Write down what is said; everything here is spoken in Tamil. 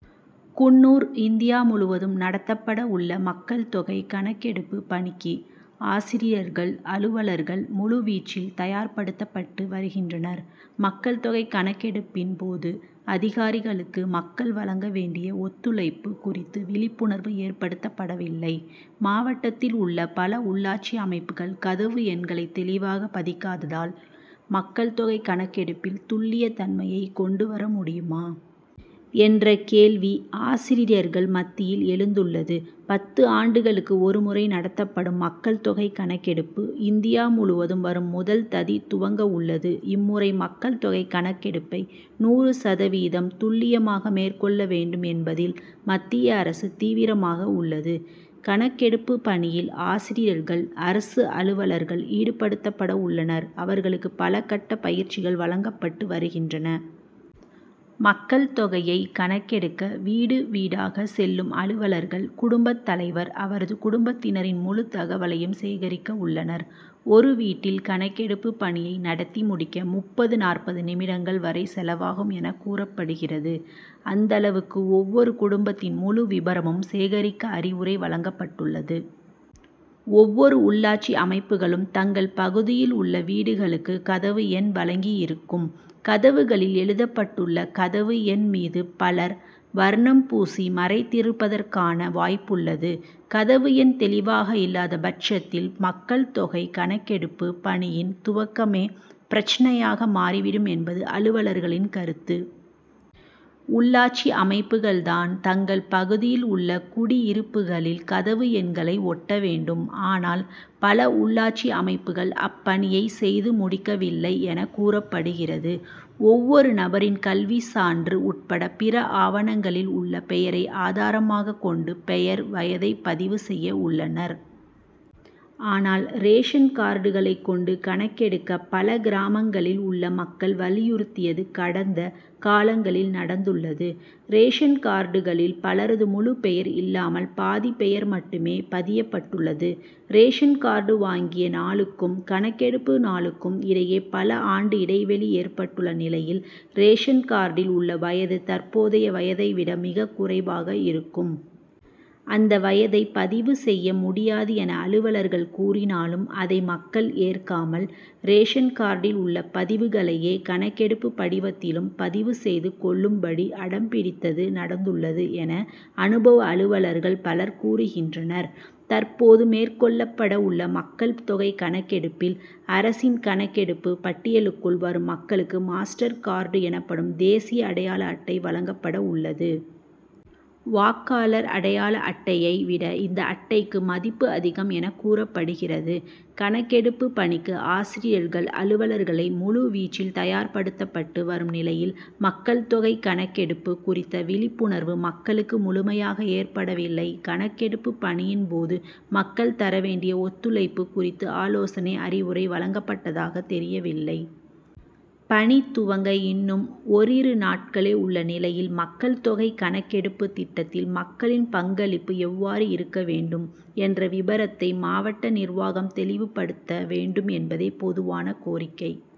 குன்னூர் இந்தியா முழுவதும் நடத்தப்பட உள்ள மக்கள் தொகை கணக்கெடுப்பு பணிக்கு, ஆசிரியர்கள், அலுவலர்கள் முழுவீச்சில் தயார்படுத்தப்பட்டு வருகின்றனர் மக்கள் தொகை கணக்கெடுப்பின் போது அதிகாரிகளுக்கு மக்கள் வழங்க வேண்டிய ஒத்துழைப்பு குறித்து விழிப்புணர்வு ஏற்படுத்தப்படவில்லை மாவட்டத்தில் உள்ள பல உள்ளாட்சி அமைப்புகள் கதவு எண்களை தெளிவாக பதிக்காததால், மக்கள் தொகை கணக்கெடுப்பில் துல்லியத் தன்மையை கொண்டு வர முடியுமா? என்ற கேள்வி, ஆசிரியர்கள் மத்தியில் எழுந்துள்ளது. பத்து ஆண்டுகளுக்கு ஒருமுறை நடத்தப்படும் மக்கள் தொகை கணக்கெடுப்பு, இந்தியா முழுவதும் வரும் முதல் ததி துவங்கவுள்ளது இம்முறை மக்கள் தொகை கணக்கெடுப்பை நூறு சதவீதம் துல்லியமாக மேற்கொள்ள வேண்டும் என்பதில், மத்திய அரசு தீவிரமாக உள்ளது. கணக்கெடுப்பு பணியில் ஆசிரியர்கள், அரசு அலுவலர்கள் ஈடுபடுத்தப்பட உள்ளனர் அவர்களுக்கு பல கட்டப் பயிற்சிகள் வழங்கப்பட்டு வருகின்றன. மக்கள் தொகையை கணக்கெடுக்க வீடு, வீடாக செல்லும் அலுவலர்கள், குடும்பத் தலைவர், அவரது குடும்பத்தினரின் முழு தகவலையும் சேகரிக்க உள்ளனர். ஒரு வீட்டில் கணக்கெடுப்பு பணியை நடத்தி முடிக்க முப்பது நாற்பது நிமிடங்கள் வரை செலவாகும் என கூறப்படுகிறது. அந்தளவுக்கு ஒவ்வொரு குடும்பத்தின் முழு விபரமும் சேகரிக்க அறிவுரை வழங்கப்பட்டுள்ளது. ஒவ்வொரு உள்ளாட்சி அமைப்புகளும், தங்கள் பகுதியில் உள்ள வீடுகளுக்கு கதவு எண் வழங்கியிருக்கும் கதவுகளில் எழுதப்பட்டுள்ள கதவு எண் மீது பலர் வர்ணம் பூசி மறைத்திருப்பதற்கான வாய்ப்புள்ளது கதவு எண் தெளிவாக இல்லாத பட்சத்தில் மக்கள் தொகை கணக்கெடுப்பு பணியின் துவக்கமே பிரச்னையாக மாறிவிடும் என்பது அலுவலர்களின் கருத்து. உள்ளாட்சி அமைப்புகள் தான், தங்கள் பகுதியில் உள்ள குடியிருப்புகளில், கதவு எண்களை ஒட்ட வேண்டும் ஆனால், பல உள்ளாட்சி அமைப்புகள் அப்பணியை செய்து முடிக்கவில்லை என கூறப்படுகிறது. ஒவ்வொரு நபரின் கல்விச்சான்று உட்பட பிற ஆவணங்களில் உள்ள பெயரை ஆதாரமாக கொண்டு பெயர், வயதை பதிவு செய்ய உள்ளனர். ஆனால், ரேஷன் கார்டுகளை கொண்டு கணக்கெடுக்க, பல கிராமங்களில் உள்ள மக்கள் வலியுறுத்தியது, கடந்த காலங்களில் நடந்துள்ளது. ரேஷன் கார்டுகளில் பலரது முழுப் பெயர் இல்லாமல், பாதி பெயர் மட்டுமே பதியப்பட்டுள்ளது ரேஷன் கார்டு வாங்கிய நாளுக்கும், கணக்கெடுப்பு நாளுக்கும் இடையே பல ஆண்டு இடைவெளி ஏற்பட்டுள்ள நிலையில், ரேஷன் கார்டில் உள்ள வயது தற்போதைய வயதை விட மிகக் குறைவாக இருக்கும். அந்த வயதை பதிவு செய்ய முடியாது என அலுவலர்கள் கூறினாலும், அதை மக்கள் ஏற்காமல், ரேஷன் கார்டில் உள்ள பதிவுகளையே, கணக்கெடுப்பு படிவத்திலும் பதிவு செய்து கொள்ளும்படி அடம் பிடித்தது, நடந்துள்ளது' என, அனுபவ அலுவலர்கள் பலர் கூறுகின்றனர். தற்போது மேற்கொள்ளப்பட உள்ள மக்கள் தொகை கணக்கெடுப்பில், அரசின் கணக்கெடுப்பு பட்டியலுக்குள் வரும் மக்களுக்கு மாஸ்டர் கார்டு' எனப்படும் தேசிய அடையாள அட்டை வழங்கப்பட உள்ளது. வாக்காளர் அடையாள அட்டையை விட இந்த அட்டைக்கு மதிப்பு அதிகம் என கூறப்படுகிறது. கணக்கெடுப்பு பணிக்கு ஆசிரியர்கள், அலுவலர்களை முழுவீச்சில் தயார்படுத்தப்பட்டு வரும் நிலையில், மக்கள் தொகை கணக்கெடுப்பு குறித்த விழிப்புணர்வு, மக்களுக்கு முழுமையாக ஏற்படவில்லை கணக்கெடுப்பு பணியின் போது, மக்கள் தர வேண்டிய ஒத்துழைப்பு குறித்து ஆலோசனை, அறிவுரை வழங்கப்பட்டதாக தெரியவில்லை. பணி துவங்க இன்னும் ஒரிரு நாட்களே உள்ள நிலையில், மக்கள் தொகை கணக்கெடுப்பு திட்டத்தில் மக்களின் பங்களிப்பு எவ்வாறு இருக்க வேண்டும்? என்ற விபரத்தை, மாவட்ட நிர்வாகம் தெளிவுபடுத்த வேண்டும் என்பதே பொதுவான கோரிக்கை.